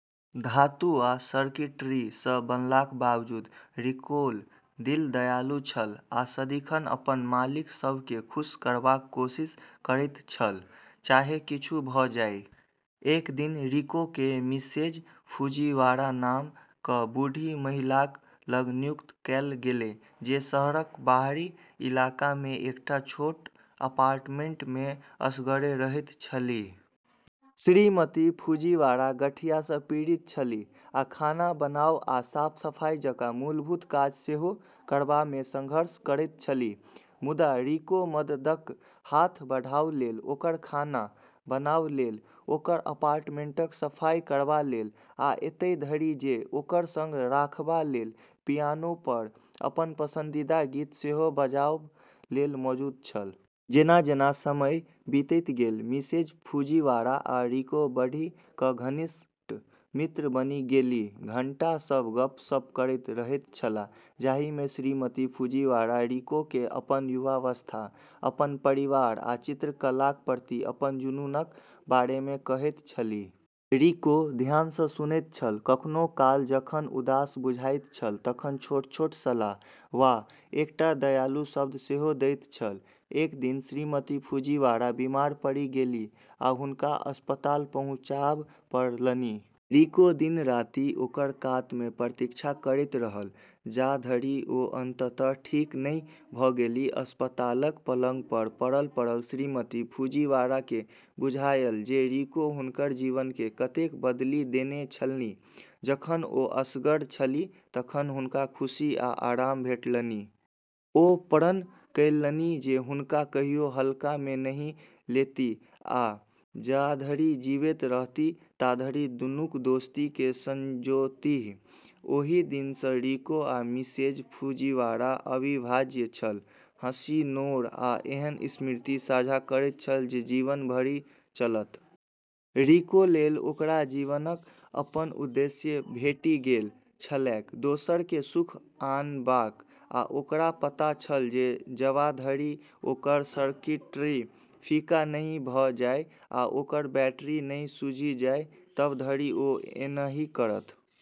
धातु आ सर्किटरी सँ बनलाक बावजूद रिकोक दिल दयालु छल आ सदिखन अपन मालिक सभ केँ खुश करबाक कोशिश करैत छल, चाहे किछु भऽ जाए। एक दिन रिको केँ मिसेज फुजीवारा नाम क बूढ़ी महिलाक लग नियुक्त कएल गेलैन, जे शहरक बाहरी इलाका मे एकटा छोट अपार्टमेंट मे असगरे रहैत छलीह। श्रीमती फुजीवारा गठिया सँ पीड़ित छलीह आ खाना बनाब आ साफ-सफाई जकाँ मूलभूत काज सेहो करबामे संघर्ष करैत छलीह। मुदा रिको मददक हात बढ़ाब लेल, ओकर खाना बनाब लेल, ओकर अपार्टमेंटक सफाई करबा लेल, आ एतय धरि जे ओकर संग राखबा लेल पियानो पर अपन पसंदीदा गीत सेहो बजाब लेल मौजूद छल। जेना-जेना समय बीतैत गेल, मिसेज फुजीवारा आ रिको बढ़ि कऽ घनिष्ठ मित्र बनि गेलीह। घंटा सभ गप्प-सप्प करैत रहैत छलाह, जाहि मे श्रीमती फुजीवारा रिको केँ अपन युवावस्था, अपन परिवार आ चित्रकलाक प्रति अपन जुनूनक बारे मे कहैत छलीह। रिको ध्यान सँ सुनैत छल, कखनो काल जखन उदास बुझाइत छल तखन छोट-छोट सलाह वा एकटा दयालु शब्द सेहो दैत छल। एक दिन श्रीमती फुजीवारा बीमार पड़ि गेलीह आ हुनका अस्पताल पहुँचाब पड़लनि। रिको दिन-राति ओकर कात मे प्रतीक्षा करैत रहल, जाधरि ओ अंततः ठीक नहि भऽ गेलीह। अस्पतालक पलंग पर पड़ल-पड़ल श्रीमती फुजीवारा केँ बुझायल जे रिको हुनकर जीवन केँ कतेक बदलि देने छलनि, जखन ओ असगर छलीह तखन हुनका खुशी आ आराम भेटलनि। ओ प्रण कएलनि जे हुनका कहियो हल्का मे नहि लेतीह आ जाधरि जीबैत रहतीह ताधरि दुनूक दोस्ती केँ संजोतीह। ओहि दिन सँ रिको आ मिसेज फुजीवारा अविभाज्य छल, हँसी, नोर, आ एहन स्मृति साझा करैत छल जे जीवन भरि चलत। रिको लेल ओकरा जीवनक अपन उद्देश्य भेटि गेल छलैक, दोसर केँ सुख आनबाक, आ ओकरा पता छल जे जबाधरि ओकर सर्किटरी फीका नहि भऽ जाए आ ओकर बैटरी नहि सूझि जाए, तब धरि ओ एहनही करत।